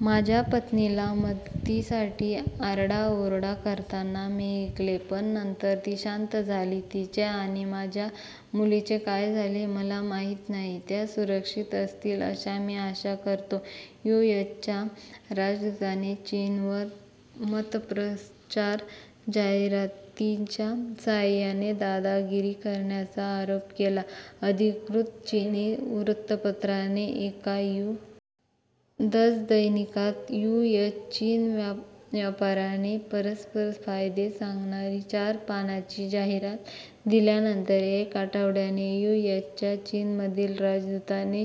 "माझ्या पत्नीला मदतीसाठी आरडाओरडा करताना मी ऐकले, पण नंतर ती शांत झाली. तिचे आणि माझ्या मुलीचे काय झाले मला माहीत नाही. त्या सुरक्षित असतील अशी मी आशा करतो. " यू. एस. च्या राजदूताने चीनवर 'मतप्रचार जाहिरातीं'च्या सहाय्याने 'दादागिरी' करण्याचा आरोप केला अधिकृत चीनी वृत्तपत्राने एका यू. एस. दैनिकात यू. एस. -चीन व्यापाराचे परस्परफायदे सांगणारी चार पानाची जाहिरात दिल्यानंतर एक आठवड्याने यू. एस. च्या चीनमधील राजदूताने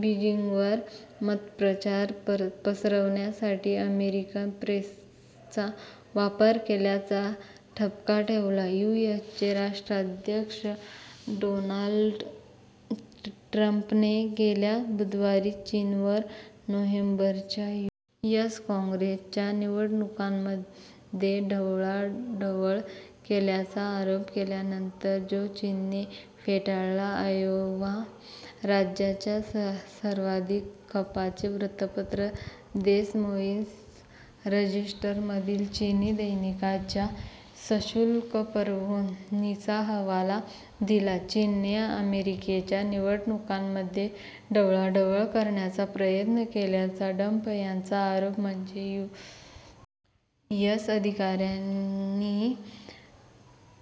बीजिंगवर मतप्रचार पसरवण्यासाठी अमेरिकन प्रेसचा वापर केल्याचा ठपका ठेवला. यु. एस. चे राष्ट्राध्यक्ष डोनाल्ड ट्रंपने गेल्या बुधवारी चीनवर नोव्हेंबरच्या यू. एस. काँग्रेसच्या निवडणुकांमध्ये ढवळाढवळ केल्याचा आरोप केल्यानंतर, जो चीनने फेटाळला आयोवा राज्याच्या सर्वाधिक खपाचे वृत्तपत्र देस मोईन्स रजिस्टरमधील चीनी दैनिकाच्या सशुल्क पुरवणीचा हवाला दिला. चीनने अमेरिकेच्या निवडणुकांमध्ये ढवळाढवळ करण्याचा प्रयत्न केल्याचा ट्रंप यांचा आरोप म्हणजे यू. एस. अधिकाऱ्यांनी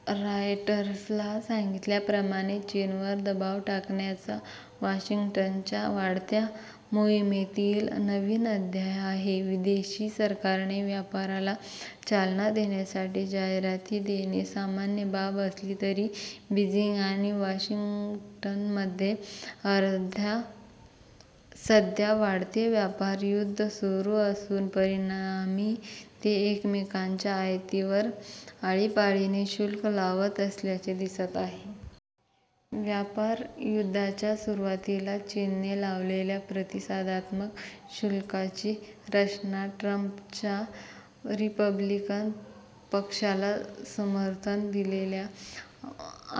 रॉयटर्सला सांगितल्याप्रमाणे चीनवर दबाव टाकण्याच्या वॉशिंग्टनच्या वाढत्या मोहिमेतील नवीन अध्याय आहे. विदेशी सरकारने व्यापाराला चालना देण्यासाठी जाहिराती देणे सामान्य बाब असली तरी, बीजिंग आणि वॉशिंग्टनमध्ये सध्या वाढते व्यापार युद्ध सुरु असून परिणामी ते एकमेकांच्या आयातीवर आळीपाळीने शुल्क लावत असल्याचे दिसत आहे. व्यापारयुद्धाच्या सुरुवातीला चीनने लावलेल्या प्रतिसादात्मक शुल्काची रचना ट्रंपच्या रिपब्लिकन पक्षाला समर्थन दिलेल्या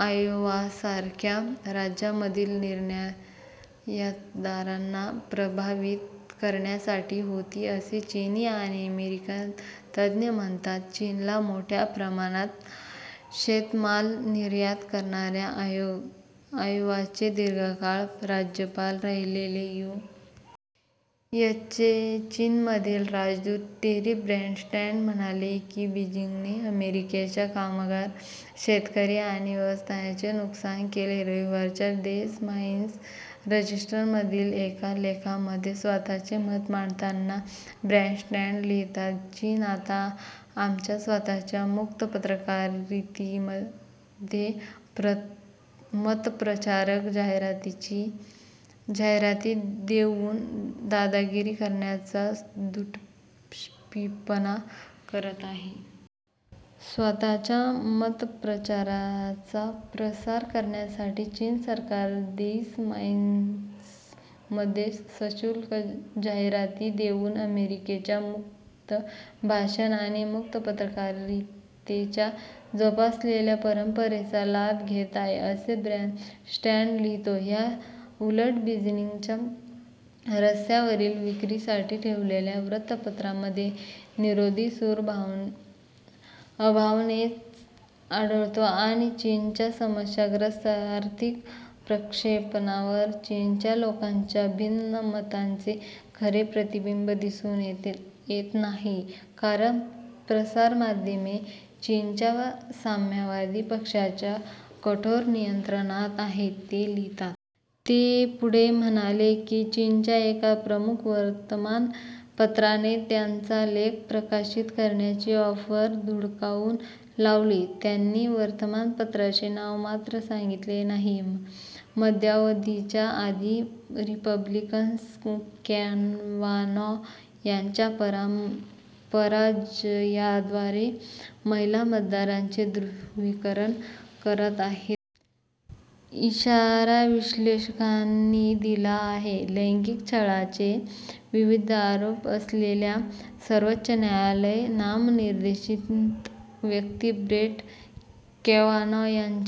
आयोवासारख्या राज्यांमधील निर्यातदारांना प्रभावित करण्यासाठी होती असे चीनी आणि अमेरिकन तज्ज्ञ म्हणतात. चीनला मोठ्या प्रमाणात शेतमाल निर्यात करणाऱ्या आयोवाचे दीर्घकाळ राज्यपाल राहिलेले, यू. एस. चे चीनमधील राजदूत टेरी ब्रॅनस्टॅड म्हणाले की बीजिंगने अमेरिकेच्या कामगार, शेतकरी आणि व्यवसायांचे नुकसान केले. रविवारच्या देस मोईन्स रजिस्टरमधील एका लेखामध्ये स्वतःचे मत मांडताना ब्रॅनस्टॅड लिहितात, "चीन आता आमच्या स्वतःच्या मुक्त पत्रकारितेमध्ये मतप्रचारक जाहिराती देऊन दादागिरी करण्याचा दुटप्पीपणा करत आहे. " "स्वतःच्या मतप्रचाराचा प्रसार करण्यासाठी चीन सरकार देस मोईन्समध्ये सशुल्क जाहिराती देऊन अमेरिकेच्या मुक्त भाषण आणि मुक्त पत्रकारितेच्या जोपासलेल्या परंपरेचा लाभ घेत आहे," असे ब्रॅनस्टॅड लिहितो. "या उलट, बीजिंगच्या रस्त्यांवरील विक्रीसाठी ठेवलेल्या वृत्तपत्रांमध्ये विरोधी सूर अभावानेच आढळतो आणि चीनच्या समस्याग्रस्त आर्थिक प्रक्षेपणावर चीनच्या लोकांच्या भिन्न मतांचे खरे प्रतिबिंब दिसून येत नाही, कारण प्रसारमाध्यमे चीनच्या साम्यवादी पक्षाच्या कठोर नियंत्रणात आहेत," ते लिहितात. ते पुढे म्हणाले की "चीनच्या एका प्रमुख वर्तमानपत्राने त्यांचा लेख प्रकाशित करण्याची ऑफर धुडकावून लावली," त्यांनी वर्तमापत्राचे नाव मात्र सांगितले नाही. मध्यावधीच्या आधी रिपब्लिकन्स कॅवानॉ यांच्या पराजयाद्वारे महिला मतदारांचे ध्रुवीकरण करत आहेत असा इशारा विश्लेषकांनी दिला आहे लैंगिक छळाचे विविध आरोप असलेल्या सर्वोच्च न्यायालय नामनिर्देशित व्यक्ती ब्रेट कॅवानॉ यांच्या